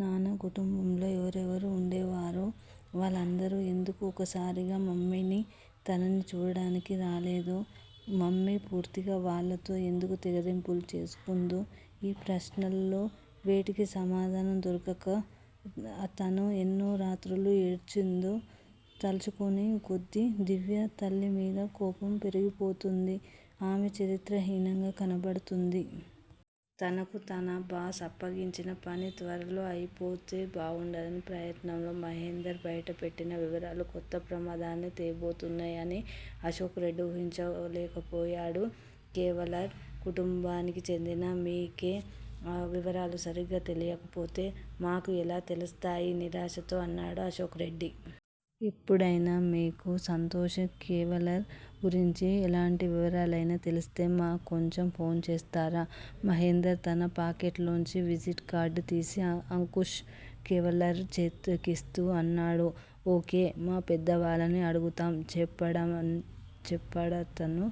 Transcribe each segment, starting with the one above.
నాన్న కుటుంబంలో ఎవరెవరు వుండేవారో? వాళ్ళందరూ ఎందుకు ఒక్కసారైనా మమ్మీనీ, తననీ చూడడానికి రాలేదో? మమ్మీ పూర్తిగా వాళ్ళతో ఎందుకు తెగతెంపులు చేసుకుందో? ఈ ప్రశ్నల్లో వేటికీ సమాధానాలు దొరకక, తను ఎన్ని రాత్రులు ఏడ్చిందో తలుచుకున్న కొద్దీ దివ్యకి తల్లిమీద కోపం పెరిగిపోతోంది! ఆమె చరిత్ర హీనంగా కనబడతోంది! తమకు తన బాస్ అప్పగించిన పని త్వరగా అయిపోతే బావుండన్న ప్రయత్నంలో మహేందర్ బయట పెట్టిన వివరాలు కొత్త ప్రమాదాల్ని తేబోతున్నాయని అశోక్ రెడ్డి ఊహించలేకపోయాడు. కేవల్కర్ కుటుంబానికి చెందిన మీకే ఆ వివరాలు సరిగ్గా తెలియకపొతే, మాకు ఎలా తెలిస్తాయి? నిరాశగా అన్నాడు అశోక్ రెడ్డి. ఎప్పుడైనా మీకు సంతోష్ కేవల్కర్ గురించి ఎలాంటి వివరాలైనా తెలిస్తే మా క్కొంచెం ఫోన్ చేస్తారా? మహేందర్ తన పాకెట్ లోంచి విజిటింగ్ కార్డు తీసి అంకుష్ కేవల్కర్ చేతికిస్తూ అన్నాడు. ఓ. కే. మా పెద్దవాళ్ళని అడుగుతాం చెప్పాడతను.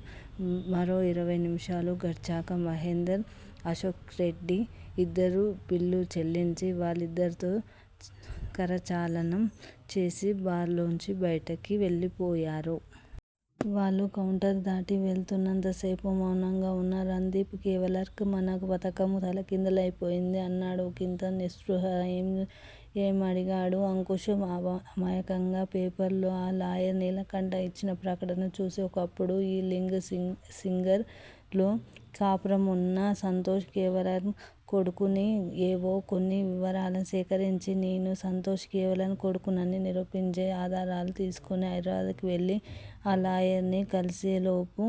మరో ఇరవై నిమిషాలు గడిచాక మహేందర్, అశోక్రెడ్డి ఇద్దరూ బిల్లు చెల్లించి, వాళ్ళిద్దరితో కరచాలనం చేసి, బార్ లోంచి బయటకి వెళ్ళిపోయారు. వాళ్ళు కౌంటర్ దాటి వెళుతున్నంతసేపూ, మౌనంగా వున్న రణదీఫ్ కేవల్కర్_ మన పధకం తలక్రిందులైపోయింది అన్నాడు ఒకింత నిస్పృహగా. ఏం? అడిగాడు అంకుష్ అమాయకంగా. పేపర్లో ఆ లాయర్ నీలకంఠన్ యిచ్చిన ప్రకటన చూసి ఒకప్పుడు ఈ లింగ్ సిగార్ లో కాపురమున్న సంతోష కేవల్కర్ కొడుకుని ఏవో కొన్ని వివరాలు సేకరించి, నేనే సంతోష్ కేవల్కర్ కొడుకునని నిరూపించే ఆధారాలు తీసుకుని, హైదరాబాద్ వెళ్ళి ఆ లాయరు ని కలిసే లోపే,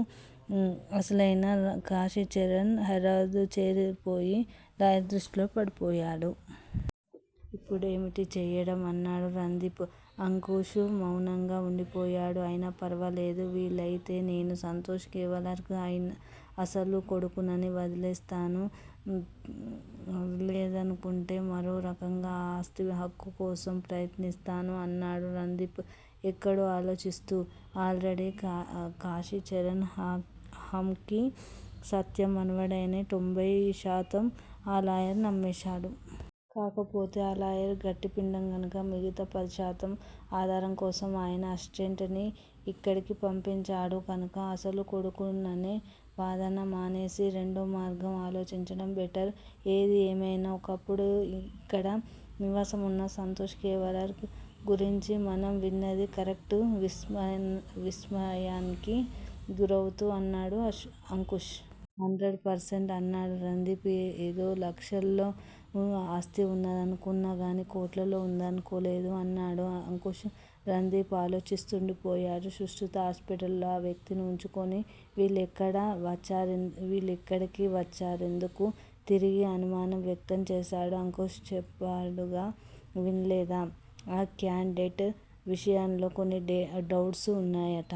అసలైన కాశీచరణ్ హైదరాబాద్ చేరిపోయి, లాయరు దృష్టిలో పడిపోయాడు. ఇప్పుడేమిటి చేయడం? అన్నాడు రణదీఫ్. అంకుష్ మౌనంగా వుండిపోయాడు. అయినా ఫర్వాలేదు_ వీలయితే నేనే సంతోష్ కేవల్కర్ అసలు కొడుకునని వదిస్తాను_ లేదనుకుంటే మరో రకంగా ఆ ఆస్తిపై హక్కు కోసం ప్రయత్నిస్తాను అన్నాడు రణదీఫ్ ఎక్కడో ఆలోచిస్తూ. అల్ రెడీ కాశీచరణ్ హకీం సత్యం మనవడ్ని తొంభై శాతం ఆ లాయరు నమ్మేశాడు. కాకపోతే ఆ లాయరు గట్టిపిండం కానుక మిగతా పదిశాతం ఆధారాలకోసం అయన అసిస్టెంట్ ని యిక్కడికి పంపించాడు కనుక అసలు కొడుకుననే వాదన మానేసి, రేండో మార్గంలో ఆలోచించడం బెటర్. ఏది ఏమైనా, ఒకప్పుడు యిక్కడ నివాసమున్న సంతోష్ కేవల్కర్ గురించి మనం విన్నది కరక్టే విస్మయానికి గురవుతూ అన్నాడు అంకుష్. హండ్రెడ్ పర్సెంట్ అన్నాడు రణదీఫ్. ఏదో లక్షల్లో ఆస్తి వుండనుకున్నానుగాని, కోట్లలో వుంటుందనుకోలేదు అన్నాడు అంకుష్. రణదీఫ్ అలోచిస్తుండిపోయాడు. శుశ్రుత హాస్పిటల్లో అ వ్యక్తిని వుంచుకుని వీల్లెక్కడకు వచ్చారెందుకూ? తిరిగి అనుమానం వ్యక్తం చేశాడు అంకుష్. చెప్పాడుగా వినలేదా? ఆ క్యాండి డేట్ విషయంలో కొన్ని డౌట్లు వున్నాయట.